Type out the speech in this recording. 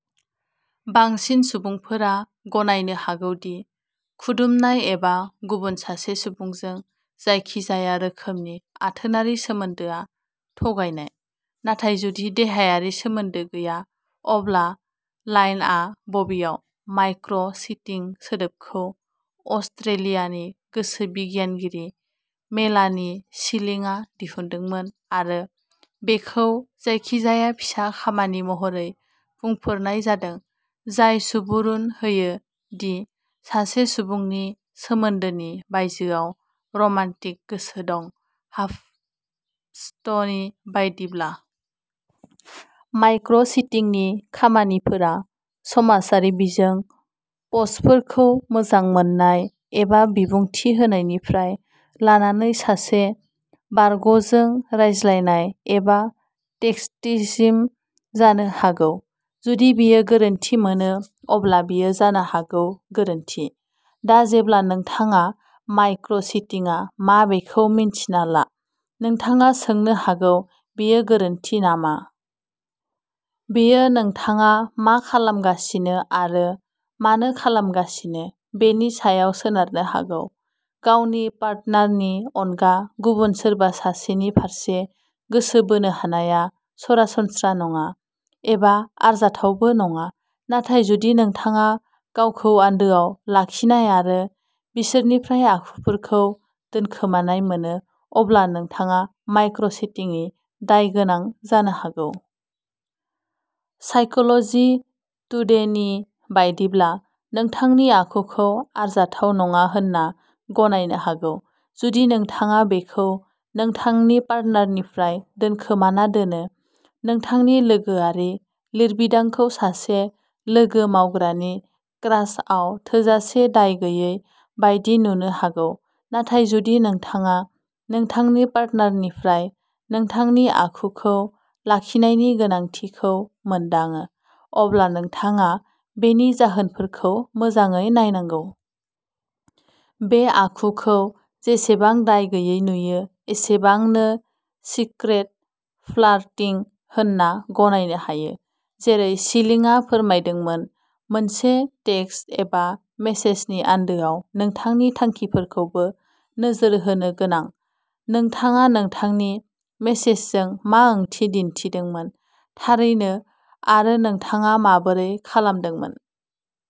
बांसिन सुबुंफोरा गनायनो हागौ दि खुदुमनाय एबा गुबुन सासे सुबुंजों जायखिजाया रोखोमनि आथोनारि सोमोन्दोआ थगायनाय। नाथाय जुदि देहायारि सोमोन्दो गैया, अब्ला लाइनआ बबेयाव? "माइक्र'- चिटिं" सोदोबखौ अस्ट्रेलियानि गोसो बिगियानगिरि मेलानी शिलिंआ दिहुनदोंमोन आरो बेखौ जायखिजाया फिसा खामानि महरै बुंफोरनाय जादों जाय सुबुरुन होयो दि सासे सुबुंनि सोमोन्दोनि बायजोआव रमान्टिक गोसो दं, हाफपस्टनि बायदिब्ला। माइक्र'- चिटिंनि खामानिफोरा समाजारि बिजों पस्टफोरखौ मोजां मोन्नाय एबा बिबुंथि होनायनिफ्राय लानानै सासे बारग'जों रायज्लायनाय एबा टेक्सटिंसिम जानो हागौ। जुदि बेयो गोरोन्थि मोनो, अब्ला बेयो जानो हागौ गोरोन्थि। दा जेब्ला नोंथाङा माइक्र'- चिटिंआ मा बेखौ मिन्थिना ला, नोंथाङा सोंनो हागौ, "बेयो गोरोन्थि नामा? " बेयो नोंथाङा मा खालामगासिनो आरो मानो खालामगासिनो बेनि सायाव सोनारनो हागौ। गावनि पार्टनारनि अनगा गुबुन सोरबा सासेनि फारसे गोसो बोनो हानाया सरासनस्रा नङा एबा आरजाथावबो नङा, नाथाय जुदि नोंथाङा गावखौ आन्दोआव लाखिनाय आरो बिसोरनिफ्राय आखुफोरखौ दोनखोमानाय मोनो, अब्ला नोंथाङा माइक्र'- चिटिंनि दायगोनां जानो हागौ। साइकोल'जि टुडेनि बायदिब्ला, नोंथांनि आखुखौ आरजाथाव नङा होनना गनायनो हागौ, जुदि नोंथाङा बेखौ नोंथांनि पार्टनारनिफ्राय दोनखोमाना दोनो। नोंथांनि लोगोआरि लिरबिदांखौ सासे लोगो-मावग्रानि क्रासआव थोजासे दाय गैयै बायदि नुनो हागौ, नाथाय जुदि नोंथाङा नोंथांनि पार्टनारनिफ्राय नोंथांनि आखुखौ लाखिनायनि गोनांथिखौ मोनदाङो, अब्ला नोंथाङा बेनि जाहोनफोरखौ मोजाङै नायनांगौ। बे आखुखौ, जेसेबां दाय गैयै नुयो एसेबांनो, सिक्रेट फ्लार्टिं होनना गनायनो हायो, जेरै शिलिंआ फोरमायदोंमोन। मोनसे टेक्सट एबा मेसेजनि आन्दोआव नोंथांनि थांखिफोरखौबो नोजोर होनो गोनां-नोंथाङा नोंथांनि मेसेजजों मा ओंथि दिन्थिदोंमोन, थारैनो, आरो नोंथाङा माबोरै खालामदोंमोन।